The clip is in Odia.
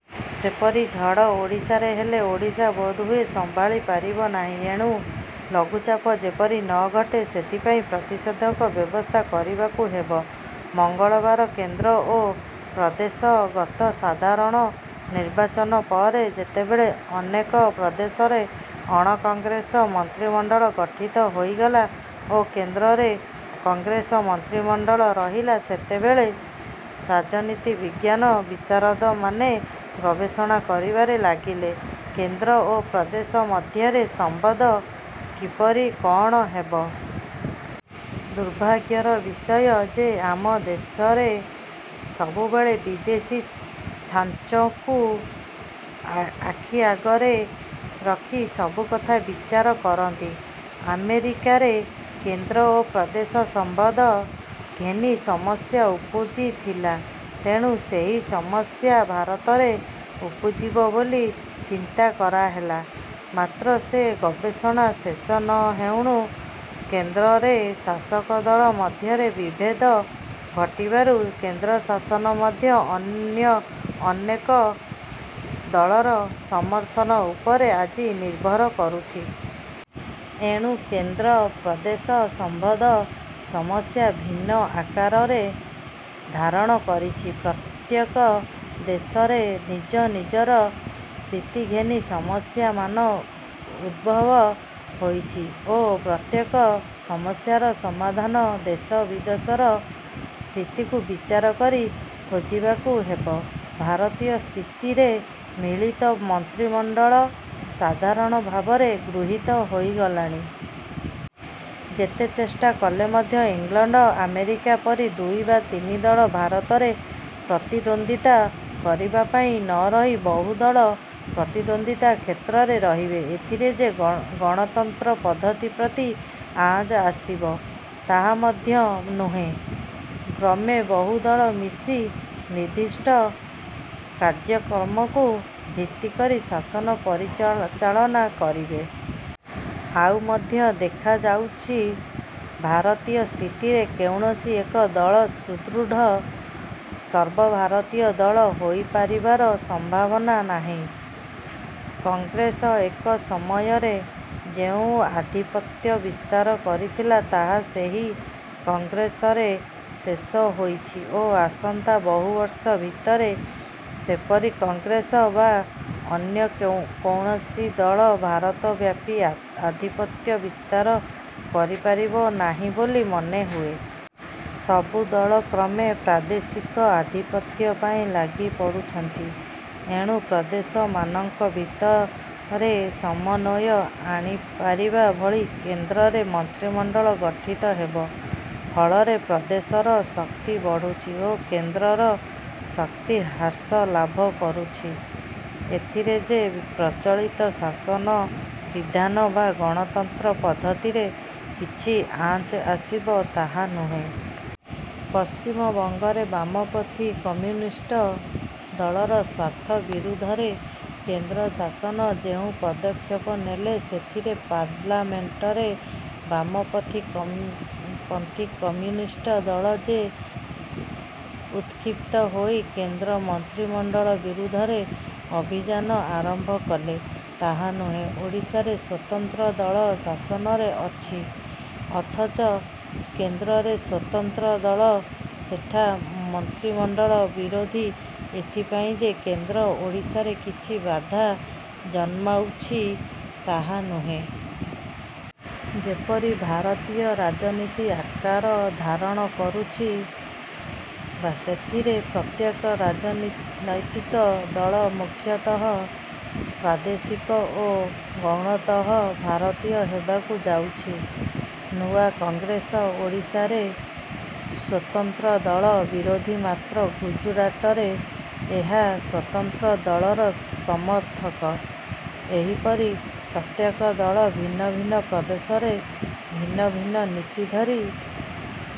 ସେପରି ଝଡ଼ ଓଡ଼ିଶାରେ ହେଲେ ଓଡ଼ିଶା ବୋଧହୁଏ ସମ୍ଭାଳି ପାରିବନାହିଁ। ଏଣୁ ଲଘୁଚାପ ଯେପରି ନ ଘଟେ ସେଥିପାଇଁ ପ୍ରତିଷେଧକ ବ୍ୟବସ୍ଥା କରିବାକୁ ହେବ। ମଙ୍ଗଳବାର କେନ୍ଦ୍ର ଓ ପ୍ରଦେଶ ଗତ ସାଧାରଣ ନିର୍ବାଚନ ପରେ ଯେତେବେଳେ ଅନେକ ପ୍ରଦେଶରେ ଅଣକଂଗ୍ରେସ ମନ୍ତ୍ରିମଣ୍ଡଳ ଗଠିତ ହୋଇଗଲା ଓ କେନ୍ଦ୍ରରେ କଂଗ୍ରେସ ମନ୍ତ୍ରିମଣ୍ଡଳ ରହିଲା, ସେତେବେଳେ ରାଜନୀତି-ବିଜ୍ଞାନ ବିଶାରଦମାନେ ଗବେଷଣା କରିବାରେ ଲାଗିଲେ କେନ୍ଦ୍ର ଓ ପ୍ରଦେଶ ମଧ୍ୟରେ ସମ୍ବନ୍ଧ କିପରି କଅଣ ହେବ। ଦୁର୍ଭାଗ୍ୟର ବିଷୟ ଯେ ଆମ ଦେଶରେ ସବୁବେଳେ ବିଦେଶୀ ଛାଞ୍ଚକୁ ଆଖିଆଗରେ ରଖି ସବୁ କଥା ବିଚାର କରନ୍ତି। ଆମେରିକାରେ କେନ୍ଦ୍ର ଓ ପ୍ରଦେଶ ସମ୍ବନ୍ଧ ଘେନି ସମସ୍ୟା ଉପୁଜିଥିଲା। ତେଣୁ ସେହି ସମସ୍ୟା ଭାରତରେ ଉପୁଜିବ ବୋଲି ଚିନ୍ତା କରାହେଲା; ମାତ୍ର ସେ ଗବେଷଣା ଶେଷ ନ ହେଉଣୁ, କେନ୍ଦ୍ରରେ ଶାସକ ଦଳ ମଧ୍ୟରେ ବିଭେଦ ଘଟିବାରୁ କେନ୍ଦ୍ର ଶାସନ ମଧ୍ୟ ଅନ୍ୟ ଅନେକ ଦଳର ସମର୍ଥନ ଉପରେ ଆଜି ନିର୍ଭର କରୁଛି। ଏଣୁ କେନ୍ଦ୍ର-ପ୍ରଦେଶ ସମ୍ବନ୍ଧ ସମସ୍ୟା ଭିନ୍ନ ଆକାରରେ ଧାରଣ କରିଛି। ପ୍ରତ୍ୟେକ ଦେଶରେ ନିଜ ନିଜର ସ୍ଥିତି ଘେନି ସମସ୍ୟାମାନ ଉଦ୍ଭବ ହୋଇଛି ଓ ପ୍ରତ୍ୟେକ ସମସ୍ୟାର ସମାଧାନ ଦେଶ ବିଦେଶର ସ୍ଥିତିକୁ ବିଚାର କରି ଖୋଜିବାକୁ ହେବ। ଭାରତୀୟ ସ୍ଥିତିରେ ମିଳିତ ମନ୍ତ୍ରିମଣ୍ଡଳ ସାଧାରଣ ଭାବରେ ଗୃହୀତ ହୋଇଗଲାଣି। ଯେତେ ଚେଷ୍ଟା କଲେ ମଧ୍ୟ ଇଂଲଣ୍ଡ ଆମେରିକା ପରି ଦୁଇ ବା ତିନି ଦଳ ଭାରତରେ ପ୍ରତିଦ୍ୱନ୍ଦ୍ୱିତା କରିବା ପାଇଁ ନ ରହି ବହୁ ଦଳ ପ୍ରତିଦ୍ୱନ୍ଦ୍ୱିତା କ୍ଷେତ୍ରରେ ରହିବେ। ଏଥିରେ ଯେ ଗଣତନ୍ତ୍ର ପଦ୍ଧତି ପ୍ରତି ଆଞ୍ଚ ଆସିବ, ତାହା ମଧ୍ୟ ନୁହେଁ। କ୍ରମେ ବହୁ ଦଳ ମିଶି ନିର୍ଦ୍ଦିଷ୍ଟ କାର୍ଯ୍ୟକ୍ରମକୁ ଭିତ୍ତିକରି ଶାସନ ପରିଚାଳନା କରିବେ। ଆଉ ମଧ୍ୟ ଦେଖାଯାଉଛି, ଭାରତୀୟ ସ୍ଥିତିରେ କୌଣସି ଏକ ଦଳ ସୁଦୃଢ଼ ସର୍ବଭାରତୀୟ ଦଳ ହୋଇପାରିବାର ସମ୍ଭାବନା ନାହିଁ। କଂଗ୍ରେସ ଏକ ସମୟରେ ଯେଉଁ ଆଧିପତ୍ୟ ବିସ୍ତାର କରିଥିଲା, ତାହା ସେହି କଂଗ୍ରେସରେ ଶେଷ ହୋଇଛି ଓ ଆସନ୍ତା ବହୁବର୍ଷ ଭିତରେ ସେପରି କଂଗ୍ରେସ ବା ଅନ୍ୟ କୌଣସି ଦଳ ଭାରତବ୍ୟାପୀ ଆଧିପତ୍ୟ ବିସ୍ତାର କରିପାରିବ ନାହିଁ ବୋଲି ମନେହୁଏ। ସବୁଦଳ କ୍ରମେ ପ୍ରାଦେଶିକ ଆଧିପତ୍ୟ ପାଇଁ ଲାଗିପଡ଼ୁଛନ୍ତି। ଏଣୁ ପ୍ରଦେଶମାନଙ୍କ ଭିତରେ ସମନ୍ୱୟ ଆଣିପାରିବା ଭଳି କେନ୍ଦ୍ରରେ ମନ୍ତ୍ରିମଣ୍ଡଳ ଗଠିତ ହେବ। ପଳରେ ପ୍ରଦେଶର ଶକ୍ତି ବଢ଼ୁଛି ଓ କେନ୍ଦ୍ରର ଶକ୍ତି ହ୍ରାସ ଲାଭକରୁଛି। ଏଥିରେ ଯେ ପ୍ରଚଳିତ ଶାସନ ବିଧାନ ବା ଗଣତନ୍ତ୍ର ପଦ୍ଧତିରେ କିଛି ଆଞ୍ଚ ଆସିବ ତାହା ନୁହେଁ। ପଶ୍ଚିମବଙ୍ଗରେ ବାମପନ୍ଥୀ କମ୍ୟୁନିଷ୍ଟ ଦଳର ସ୍ୱାର୍ଥ ବିରୁଦ୍ଧରେ କେନ୍ଦ୍ର ଶାସନ ଯେଉଁ ପଦକ୍ଷେପ ନେଲେ, ସେଥିରେ ପାର୍ଲାମେଣ୍ଟରେ ବାମପନ୍ଥୀ କମ୍ୟୁନିଷ୍ଟ ଦଳ ଯେ ଉତ୍କ୍ଷିପ୍ତ ହୋଇ କେନ୍ଦ୍ର ମନ୍ତ୍ରିମଣ୍ଡଳ ବିରୁଦ୍ଧରେ ଅଭିଯାନ ଆରମ୍ଭ କଲେ, ତାହା ନୁହେଁ। ଓଡ଼ିଶାରେ ସ୍ୱତନ୍ତ୍ର ଦଳ ଶାସନରେ ଅଛି; ଅଥଚ କେନ୍ଦ୍ରରେ ସ୍ୱତନ୍ତ୍ର ଦଳ ସେଠା ମନ୍ତ୍ରିମଣ୍ଡଳ ବିରୋଧୀ, ଏଥିପାଇଁ ଯେ କେନ୍ଦ୍ର ଓଡ଼ିଶାରେ କିଛି ବାଧା ଜନ୍ମାଉଛି ତାହା ନୁହେଁ। ଯେପରି ଭାରତୀୟ ରାଜନୀତି ଆକାର ଧାରଣ କରୁଛି, ସେଥିରେ ପ୍ରତ୍ୟେକ ରାଜନୈତିକ ଦଳ ମୁଖ୍ୟତଃ ପ୍ରାଦେଶିକ ଓ ଗୌଣତଃ ଭାରତୀୟ ହେବାକୁ ଯାଉଛି। ନୂଆ କଂଗ୍ରେସ ଓଡ଼ିଶାରେ ସ୍ୱତନ୍ତ୍ରଦଳ ବିରୋଧୀ ମାତ୍ର ଗୁଜୁରାଟରେ ଏହା ସ୍ୱତନ୍ତ୍ର ଦଳର ସମର୍ଥକ। ଏହିପରି ପ୍ରତ୍ୟେକ ଦଳ ଭିନ୍ନ ଭିନ୍ନ ପ୍ରଦେଶରେ ଭିନ୍ନ ଭିନ୍ନ ନୀତି ଧରି